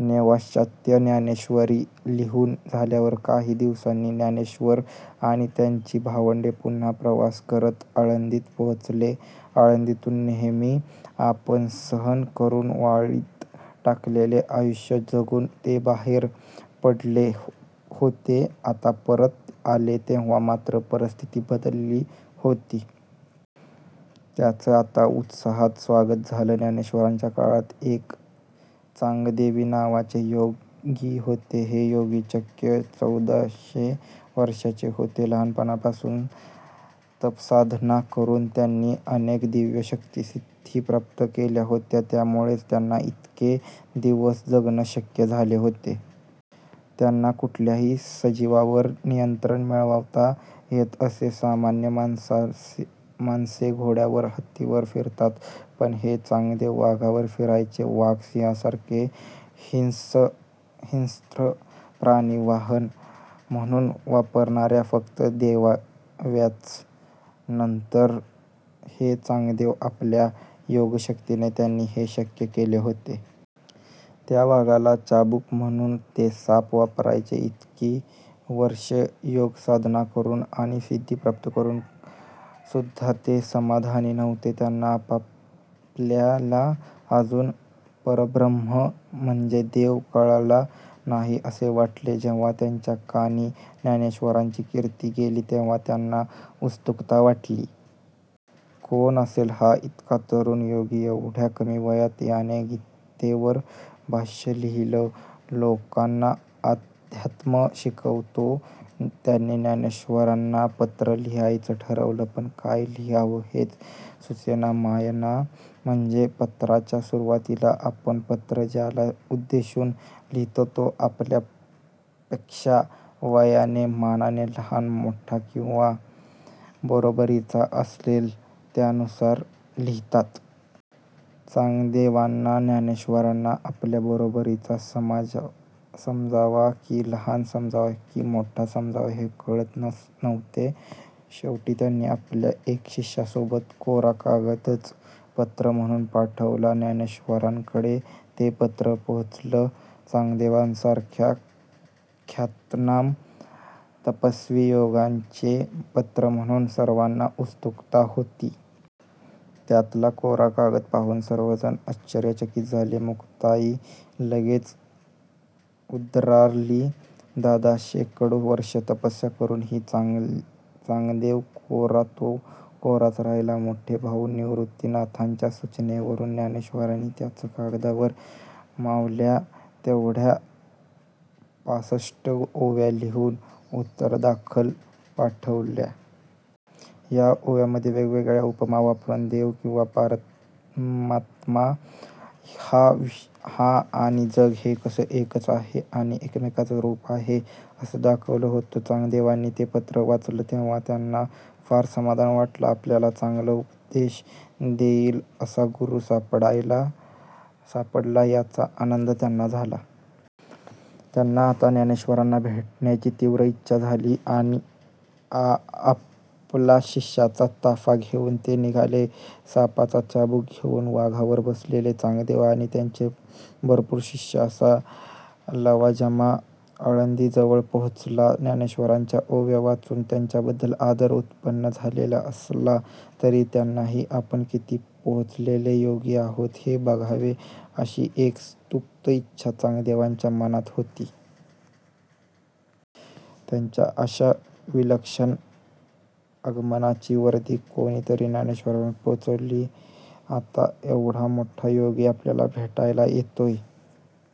नेवाश्यात ज्ञानेश्वरी लिहुन झाल्यावर काही दिवसांनी ज्ञानेश्वर आणि त्यांची भावंडे पुन्हा प्रवास करत आळंदीत पोहोचले. आळंदीतुन नेहमी अपमान सहन करून, वाळीत टाकलेले आयुष्य जगून ते बाहेर पडले होते. आता परत आले तेव्हा मात्र परिस्थिती बदलली होती. त्यांचं आता उत्साहात स्वागत झालं. ज्ञानेश्वरांच्या काळात एक चांगदेव नावाचे योगी होते. हे योगी चक्क चौदाशे वर्षांचे होते. लहानपणापासुन तपसाधना करून त्यांनी अनेक दिव्य शक्ती, सिद्धी प्राप्त केल्या होत्या. त्यामुळेच त्यांना इतके दिवस जगणं शक्य झालं होतं. त्यांना कुठल्याही सजीवांवर नियंत्रण मिळवता येत असे. सामान्य माणसे घोड्यावर, हत्तीवर फिरतात. पण हे चांगदेव वाघावर फिरायचे. वाघ सिंहासारखे हिंस्त्र प्राणी वाहन म्हणून वापरणाऱ्या फक्त देव्याच. त्यानंतर हे चांगदेव. आपल्या योगशक्तीने त्यांनी हे शक्य केले होते. त्या वाघाला चाबुक म्हणुन ते साप वापरायचे. इतकी वर्षे योगसाधना करून आणि सिद्धी प्राप्त करूनसुद्धा ते समाधानी नव्हते. त्यांना आपल्याला अजुनही परब्रह्म म्हणजे देव कळला नाही असे वाटे. जेव्हा त्यांच्या कानी ज्ञानेश्वरांची कीर्ती गेली तेव्हा त्यांना उत्सुकता वाटली. कोण असेल हा इतका तरुण योगी? एवढ्या कमी वयात याने गीतेवर भाष्य लिहिलं, लोकांना अध्यात्म शिकवतो. त्यांनी ज्ञानेश्वरांना पत्र लिहायचं ठरवलं. पण काय लिहावं हेच सुचेना. मायना म्हणजे पत्राच्या सुरुवातीला आपण पत्र ज्याला उद्देशुन लिहितो तो आपल्या पॆक्षा वयाने मानाने लहान मोठा किंवा बरोबरीचा असेल त्यानुसार लिहितात. चांगदेवांना ज्ञानेश्वरांना आपल्या बरोबरीचा समजावा कि लहान समजावा कि मोठा समजावा हे कळत नव्हते. शेवटी त्यांनी आपल्या एका शिष्यासोबत कोरा कागदच पत्र म्हणुन पाठवला. ज्ञानेश्वरांकडे ते पत्र पोहोचलं. चांगदेवांसारख्या ख्यातनाम तपस्वी योग्याचे पत्र म्हणुन सर्वांना उत्सुकता होती. त्यातला कोरा कागद पाहुन सर्वजण आश्चर्यचकित झाले. मुक्ताई लगेच उद्गारली दादा शेकडो वर्षे तपस्या करूनही चांगदेव कोरा तो कोराच राहिला. मोठे भाऊ निवृत्तीनाथांच्या सुचनेवरून ज्ञानेश्वरांनी त्याच कागदावर मावल्या तेवढ्या पासष्ट ओव्या लिहुन उत्तरादाखल पाठवल्या. ह्या ओव्यांमध्ये वेगवेगळ्या उपमा वापरून देव किंवा परमात्मा हा आणि जग हे कसं एकच आहे आणि एकमेकांचं रूप आहे असं दाखवलं होतं. चांगदेवांनी ते पत्र वाचलं तेव्हा त्यांना फार समाधान वाटलं. आपल्याला चांगला उपदेश देईल असा गुरु सापडला याचा आनंद त्यांना झाला. त्यांना आता ज्ञानेश्वरांना भेटण्याची तीव्र इच्छा झाली. आपला शिष्यांचा ताफा घेऊन ते निघाले. सापाचा चाबुक घेऊन वाघावर बसलेले चांगदेव आणि त्यांचे भरपूर शिष्य असा लवाजमा आळंदी जवळ पोहोचला. ज्ञानेश्वरांच्या ओव्या वाचुन त्यांच्याबद्दल आदर उत्पन्न झालेला असला तरी त्यांनीही आपण किती पोहोचलेले योगी आहोत हे बघावे अशी एक सुप्त इच्छा चांगदेवांच्या मनात होती. त्यांच्या अशा विलक्षण आगमनाची वर्दी कोणीतरी ज्ञानेश्वरांपर्यंत पोहोचली. आता एवढा मोठा योगी आपल्याला भेटायला येतोय